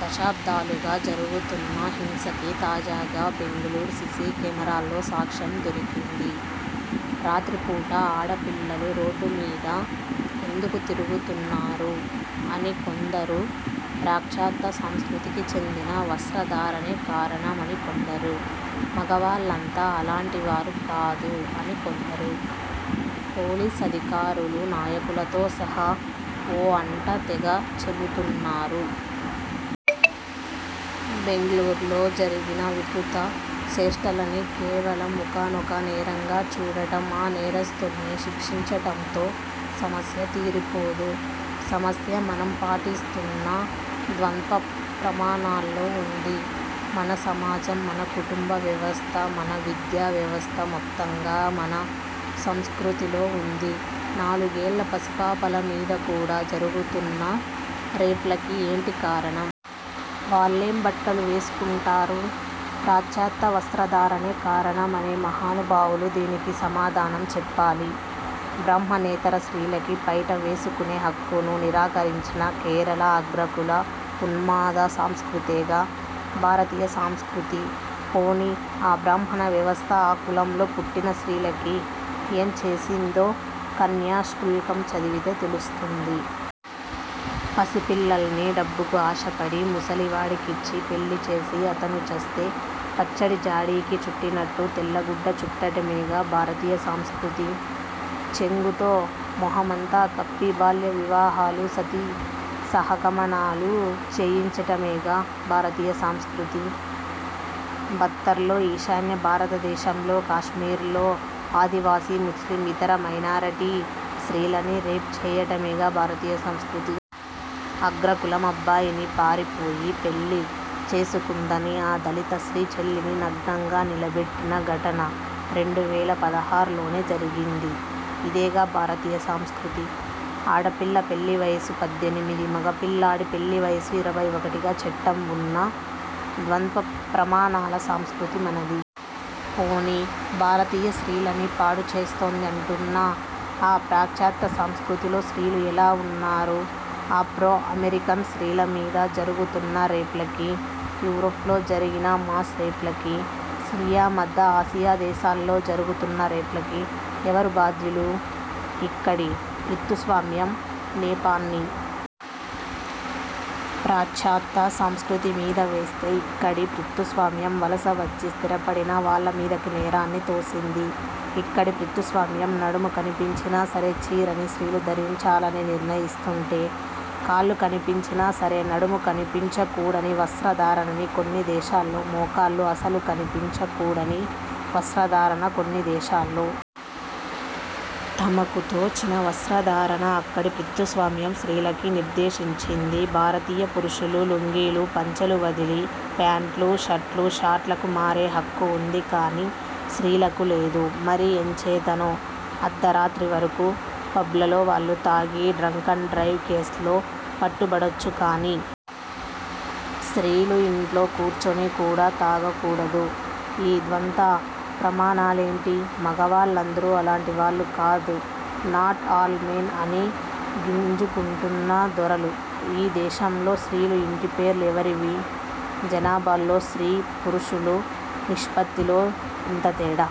దతాబ్దాలుగా జరుగుతున్న హింసకి, తాజాగా బెంగుళూరు సీసీ కెమెరాల్లో సాక్ష్యం దొరికింది. 'రాత్రి పూట ఆడపిల్లలు రోడ్డు మీద ఎందుకు తిరుగుతున్నారు? ' అని కొందరు, 'ప్రాశ్చాత్య సంస్కృతికి చెందిన వస్త్రధారణే కారణం' అని కొందరు, 'మగవాళ్ళంతా అలాంటి వారు కాదు' అని కొందరు.. పోలీసు అధికారులు, నాయకులతో సహా 'ఓ' అంటా తెగ చెబుతున్నారు. బెంగుళూరులో జరిగిన వికృత చేష్టలని కేవలం 'ఒకానొక నేరం'గా చూడటం, ఆ నేరస్థుల్ని శిక్షించటంతో.. సమస్య తీరిపోదు. సమస్య మనం పాటిస్తున్న ద్వంద్వ ప్రమాణాల్లో ఉంది. మన సమాజం, మన కుటుంబ వ్యవస్థ, మన విద్యా వ్యవస్థ.. మొత్తంగా మన 'సంస్కృతి'లో ఉంది. నాలుగేళ్ల పసిపాపల మీద కూడా జరుగుతున్న రేప్లకి ఏంటి కారణం? వాళ్లేం బట్టలు వేసుకుంటారు? పాశ్చాత్య వస్త్ర ధారణే కారణం అనే మహానుభావులు దీనికి సమాధానం చెప్పాలి. బ్రాహ్మణేతర స్త్రీలకి పైట వేసుకునే హక్కును నిరాకరించిన కేరళ అగ్రకుల ఉన్మాద సంస్కృతేగా.. భారతీయ సంస్కృతి. పోనీ ఆ బ్రాహ్మణ వ్యవస్థ ఆ కులంలో పుట్టిన స్త్రీలకి ఏం చేసిందో 'కన్యాశుల్కం' చదివితే, తెలుస్తుంది. పసిపిలల్లని డబ్బుకు ఆశపడి, ముసలి వాడికిచ్చి పెళ్లిచేసి, అతను చస్తే.. పచ్చడి జాడికి చుట్టినట్టు తెల్ల గుడ్డ చుట్టటమేగా.. భారతీయ సంస్కృతి. చెంగుతో మొహమంతా కప్పి.. బాల్యవివాహాలు, సతీ సహగమనాలు చేయించటమేగా.. భారతీయ సంస్కృతి. బస్తర్లో, ఈశాన్య భారతదేశంలో, కాశ్మీర్లో.. ఆదివాసీ, ముస్లిం, ఇతర మైనారిటీ స్త్రీలని రేప్ చేయటమేగా భారతీయ సంస్కృతి. అగ్రకులం అబ్బాయిని పారిపోయి పెళ్లి చేసుకుందని, ఆ దళిత స్త్రీ చెల్లిని నగ్నంగా నిలబెట్టిన ఘటన.. రెండు వేల పదహారులోనే జరిగింది. ఇదేగా భారతీయ సంస్కృతి. ఆడపిల్ల పెళ్లి వయసు పద్దెనిమిది, మగపిల్లాడి పెళ్లి వయసు ఇరవై ఒకటిగా చట్టం ఉన్న ద్వంద్వ ప్రమాణాల సంస్కృతి మనది. పోనీ భారతీయ స్త్రీలని పాడు చేస్తోంది అంటున్న.. ఆ పాశ్చాత్య సంస్కృతిలో స్త్రీలు ఎలా ఉన్నారు? ఆఫ్రో- అమెరికన్ స్త్రీల మీద జరుగుతున్న రేప్లకి, యూరప్లో జరిగిన మాస్ రేప్లకి, సిరియా, మధ్య ఆసియా దేశాల్లో జరుగుతున్న రేప్లకి ఎవరు బాధ్యులు? 'ఇక్కడి' పితృస్వామ్యం నెపాన్ని.. ప్రాశ్చాత్య సంస్కృతి మీద వేస్తే, 'అక్కడి' పితృస్వామ్యం వలసవచ్చి స్థిరపడిన వాళ్ళ మీదకి నేరాన్ని తోసింది. ఇక్కడి పితృస్వామ్యం నడుము కనిపించినా సరే, చీరని స్త్రీలు ధరించాలని నిర్ణయిస్తుంటే.. కాళ్ళు కనిపించినా సరే, నడుము కనిపించకూడని వస్త్రధారణని కొన్ని దేశాల్లో, మోకాళ్ళు అసలు కనిపించకూడని వస్త్రధారణ కొన్ని దేశాల్లో.. తమకి తోచిన వస్త్రధారణ అక్కడి పితృస్వామ్యం స్త్రీలకి నిర్దేశించింది. భారతీయ పురుషులు లుంగీలు, పంచెలు వదిలి.. ఫాంట్, షర్ట్లు, షార్ట్స్లోకి మారే హక్కు ఉంది కానీ.. స్త్రీలకి లేదు మరి ఎంచేతనో? అర్ధరాత్రి వరకు పబ్లలో వాళ్ళు తాగి, డ్రంక్ అండ్ డ్రైవ్ కేస్లో పట్టుబడొచ్చు కానీ.. స్త్రీలు ఇంట్లో కూర్చొని కూడా తాగకూడదు. ఈ ద్వంద్వ ప్రమాణాలేంటి? మగవాళ్ళు అందరూ అలాంటి వాళ్ళు కాదు, 'నాట్ అల్ మెన్' అని గింజుకుంటున్న దొరలూ.. ఈ దేశంలో స్త్రీల ఇంటి పేర్లు ఎవరివి? జనాభాలో స్త్రీ పురుషుల నిష్పత్తిలో ఇంత తేడా